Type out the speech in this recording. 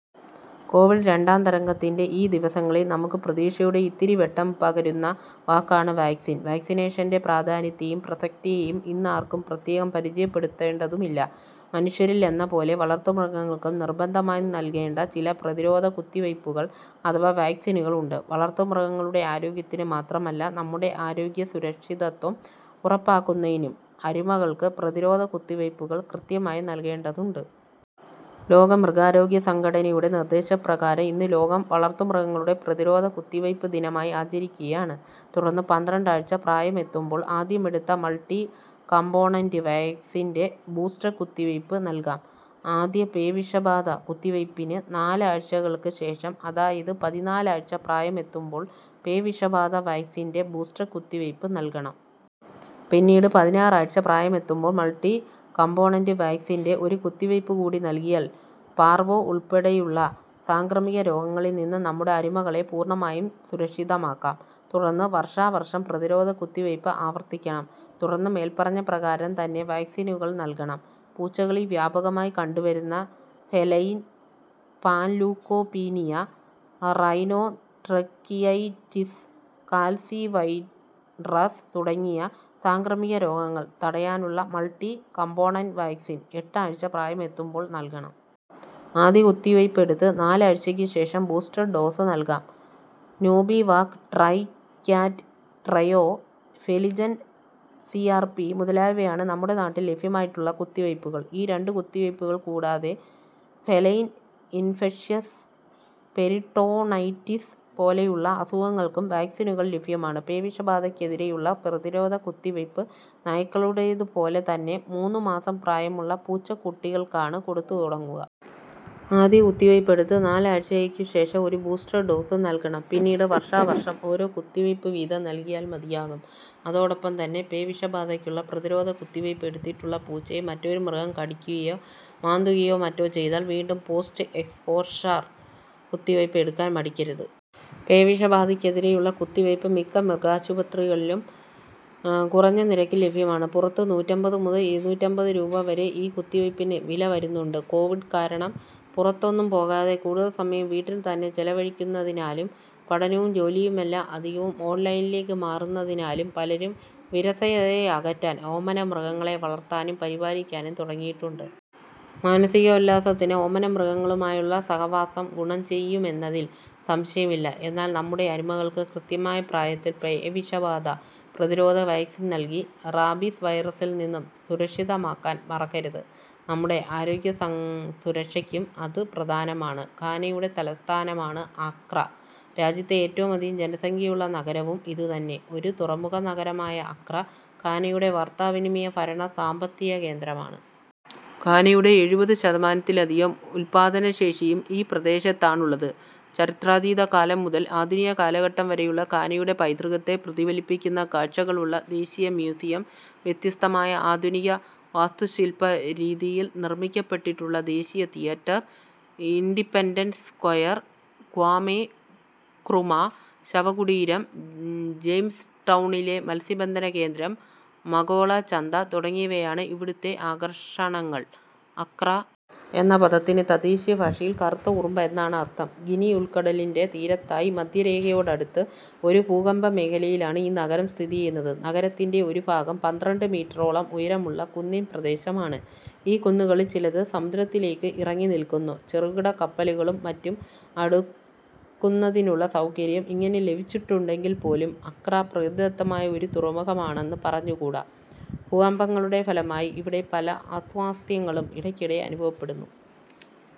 Covid രണ്ടാം തരംഗത്തിൻ്റെ ഈ ദിവസങ്ങളിൽ നമുക്ക് പ്രതീക്ഷയുടെ ഇത്തിരിവെട്ടം പകരുന്ന വാക്കാണ് വാക്സിൻ. വാക്സിനേഷൻ്റെ പ്രാധാന്യത്തെയും പ്രസക്തിയെയും ഇന്നാർക്കും പ്രത്യേകം പരിചയപ്പെടുത്തേണ്ടതുമില്ല. മനുഷ്യരിലെന്നപോലെ വളർത്തുമൃഗങ്ങൾക്കും നിർബന്ധമായും നൽകേണ്ട ചില പ്രതിരോധ കുത്തിവയ്പുകൾ അഥവാ വാക്സിനുകൾ ഉണ്ട്. വളർത്തുമൃഗങ്ങളുടെ ആരോഗ്യത്തിന് മാത്രമല്ല നമ്മുടെ ആരോഗ്യസുരക്ഷിതത്വം ഉറപ്പാക്കുന്നതിനും അരുമകൾക്ക് പ്രതിരോധ കുത്തിവയ്പുകൾ കൃത്യമായി നൽകേണ്ടതുണ്ട്. ലോക മൃഗാരോഗ്യ സംഘടനയുടെ നിർദേശപ്രകാരം ഇന്ന് ലോകം വളർത്തുമൃഗങ്ങളുടെ പ്രതിരോധ കുത്തിവയ്പ് ദിനമായി ആചരിക്കയാണ്. തുടർന്ന് പന്ത്രണ്ട് ആഴ്ച പ്രായമെത്തുമ്പോൾ ആദ്യമെടുത്ത മൾട്ടി കംപോണന്റ് വാക്സിൻ്റെ ബൂസ്റ്റർ കുത്തിവയ്പ് നൽകാം. ആദ്യ പേവിഷബാധ കുത്തിവയ്പിന് നാല് ആഴ്ചകൾക്ക് ശേഷം, അതായത് പതിനാല് ആഴ്ച പ്രായമെത്തുമ്പോൾ പേവിഷബാധ വാക്സിൻ്റെ ബൂസ്റ്റർ കുത്തിവയ്പ് നൽകണം. പിന്നീട് പതിനാറ് ആഴ്ച പ്രായമെത്തുമ്പോൾ മൾട്ടി കംപോണന്റ് വാക്സിൻ്റെ ഒരു കുത്തിവയ്പ് കൂടി നൽകിയാൽ പാർവോ ഉൾപ്പെടെയുള്ള സാംക്രമിക രോഗങ്ങളിൽനിന്ന് നമ്മുടെ അരുമകളെ പൂർണമായും സുരക്ഷിതമാക്കാം. തുടർന്ന് വർഷാവർഷം പ്രതിരോധ കുത്തിവയ്പ് ആവർത്തിക്കണം. തുടർന്ന് മേൽപ്പറഞ്ഞ പ്രകാരം തന്നെ വാക്സിനുകൾ നൽകണം. പൂച്ചകളിൽ വ്യാപകമായി കണ്ടുവരുന്ന feline panleukopenia, rhinotracheitis, calicivirus തുടങ്ങിയ സാംക്രമിക രോഗങ്ങൾ തടയാനുള്ള മൾട്ടി കംപോണന്റ് വാക്സിൻ എട്ട് ആഴ്ച പ്രായമെത്തുമ്പോൾ നൽകണം. ആദ്യ കുത്തിവയ്പെടുത്ത് നാല് ആഴ്ചയ്ക്കു ശേഷം ബൂസ്റ്റർ ഡോസ് നൽകാം. Nobivac, Tricat, Trio, Feligen C R P മുതലായവയാണ് നമ്മുടെ നാട്ടിൽ ലഭ്യമായിട്ടുള്ള കുത്തിവയ്പുകൾ. ഈ രണ്ട് കുത്തിവയ്പുകൾ കൂടാതെ ഫെലൈൻ ഇൻഫെക്ഷ്യസ് പെരിട്ടോണൈറ്റിസ് പോലെയുള്ള അസുഖങ്ങൾക്കും വാക്സിനുകൾ ലഫ്യമാണ്. പേവിഷബാധയ്‌ക്കെതിരെയുള്ള പ്രതിരോധ കുത്തിവയ്പ് നായ്ക്കളുടേത് പോലെ തന്നെ മൂന്ന് മാസം പ്രായമുള്ള പൂച്ചക്കുട്ടികൾക്കാണ് കൊടുത്തുതുടങ്ങുക. ആദ്യ കുത്തിവയ്പെടുത്ത് നാല് ആഴ്ചകൾക്കു ശേഷം ഒരു ബൂസ്റ്റർ ഡോസും നൽകണം. പിന്നീട് വർഷാവർഷം ഓരോ കുത്തിവയ്പ് വീതം നൽകിയാൽ മതിയാകും. അതോടൊപ്പം തന്നെ പേവിഷബാധയ്ക്കുള്ള പ്രതിരോധ കുത്തിവയ്പ് എടുത്തിട്ടുള്ള പൂച്ചയെ മറ്റൊരു മൃഗം കടിക്കുകയോ മാന്തുകയോ മറ്റോ ചെയ്താൽ വീണ്ടും പോസ്റ്റ് എക്സ്പോഷർ കുത്തിവയ്പ് എടുക്കാൻ മടിക്കരുത്. പേവിഷബാധയ്‌ക്കെതിരെയുള്ള കുത്തിവയ്പ് മിക്ക മൃഗാശുപത്രികളിലും കുറഞ്ഞ നിരക്കിൽ ലഭ്യമാണ്. പുറത്ത് നൂറ്റമ്പത് മുതൽ ഇരുന്നൂറ്റമ്പത് രൂപ വരെ ഈ കുത്തിവയ്പിന് വില വരുന്നുണ്ട്. കോവിഡ് കാരണം പുറത്തൊന്നും പോകാതെ കൂടുതൽ സമയം വീട്ടിൽ തന്നെ ചെലവഴിക്കുന്നതിനാലും പഠനവും ജോലിയുമെല്ലാം അധികവും ഓൺലൈനിലേക്ക് മാറിയതിനാലും പലരും വിരസതയകറ്റാൻ ഓമനമൃഗങ്ങളെ വളർത്താനും പരിപാലിക്കാനും തുടങ്ങിയിട്ടുണ്ട്. മാനസികോല്ലാസത്തിന് ഓമനമൃഗങ്ങളുമായുള്ള സഹവാസം ഗുണം ചെയ്യുമെന്നതിൽ സംശയമില്ല. എന്നാൽ നമ്മുടെ അരുമകൾക്ക് കൃത്യമായ പ്രായത്തിൽ പേവിഷബാധ പ്രതിരോധ വാക്സിൻ നൽകി റാബീസ് വൈറസിൽനിന്ന് സുരക്ഷിതമാക്കാൻ മറക്കരുത്. നമ്മുടെ ആരോഗ്യസം സുരക്ഷയ്ക്കും അത് പ്രധാനമാണ്. ഘാനയുടെ തലസ്ഥാനമാണ് അക്ര. രാജ്യത്തെ ഏറ്റവുമധികം ജനസംഖ്യയുള്ള നഗരവും ഇതുതന്നെ. ഒരു തുറമുഖനഗരമായ അക്ര ഘാനയുടെ വാർത്താവിനിമയ, ഭരണ, സാമ്പത്തിക കേന്ദ്രമാണ്. ഘാനയുടെ എഴുപത് ശതമാനത്തിലധികം ഉത്പാദന ശേഷിയും ഈ പ്രദേശത്താണുള്ളത്. ചരിത്രാതീതകാലം മുതൽ ആധുനിക കാലഘട്ടം വരെയുള്ള ഘാനയുടെ പൈതൃകത്തെ പ്രതിഫലിപ്പിക്കുന്ന കാഴ്ചകളുള്ള ദേശീയ മ്യൂസിയം, വ്യത്യസ്തമായ ആധുനിക വാസ്തുശിൽപരീതിയിൽ നിർമ്മിക്കപ്പെട്ടിട്ടുള്ള ദേശീയ theatre, Independence Square, Kwame Nkrumah ശവകുടീരം, ജെയിംസ്ടൗണിലെ മത്സ്യബന്ധന കേന്ദ്രം, മകോള ചന്ത തുടങ്ങിയവയാണ് ഇവിടുത്തെ ആകർഷണങ്ങൾ. അക്രാ എന്ന പദത്തിന് തദ്ദേശീയഭാഷയിൽ കറുത്ത ഉറുമ്പ് എന്നാണ് അർഥം. ഗിനി ഉൾക്കടലിൻ്റെ തീരത്തായി മധ്യരേഖയോടടുത്ത് ഒരു ഭൂകമ്പമേഖലയിലാണ് ഈ നഗരം സ്ഥിതിചെയ്യുന്നത്. നഗരത്തിൻ്റെ ഒരു ഭാഗം പന്ത്രണ്ട് മീറ്ററോളം ഉയരമുള്ള കുന്നിൻ പ്രദേശമാണ്. ഈ കുന്നുകളിൽ ചിലത് സമുദ്രത്തിലേക്ക് ഇറങ്ങിനിൽക്കുന്നു. ചെറുകിട കപ്പലുകളും മറ്റും അടുക്കുന്നതിനുള്ള സൗകര്യം ഇങ്ങനെ ലഭിച്ചിട്ടുണ്ടെങ്കിൽപ്പോലും അക്രാ പ്രകൃതിദത്തമായ ഒരു തുറമുഖമാണെന്ന് പറഞ്ഞുകൂടാ. ഭൂകമ്പങ്ങളുടെ ഫലമായി ഇവിടെ പല അസ്വാസ്ഥ്യങ്ങളും ഇടയ്ക്കിടെ അനുഭവപ്പെടുന്നു.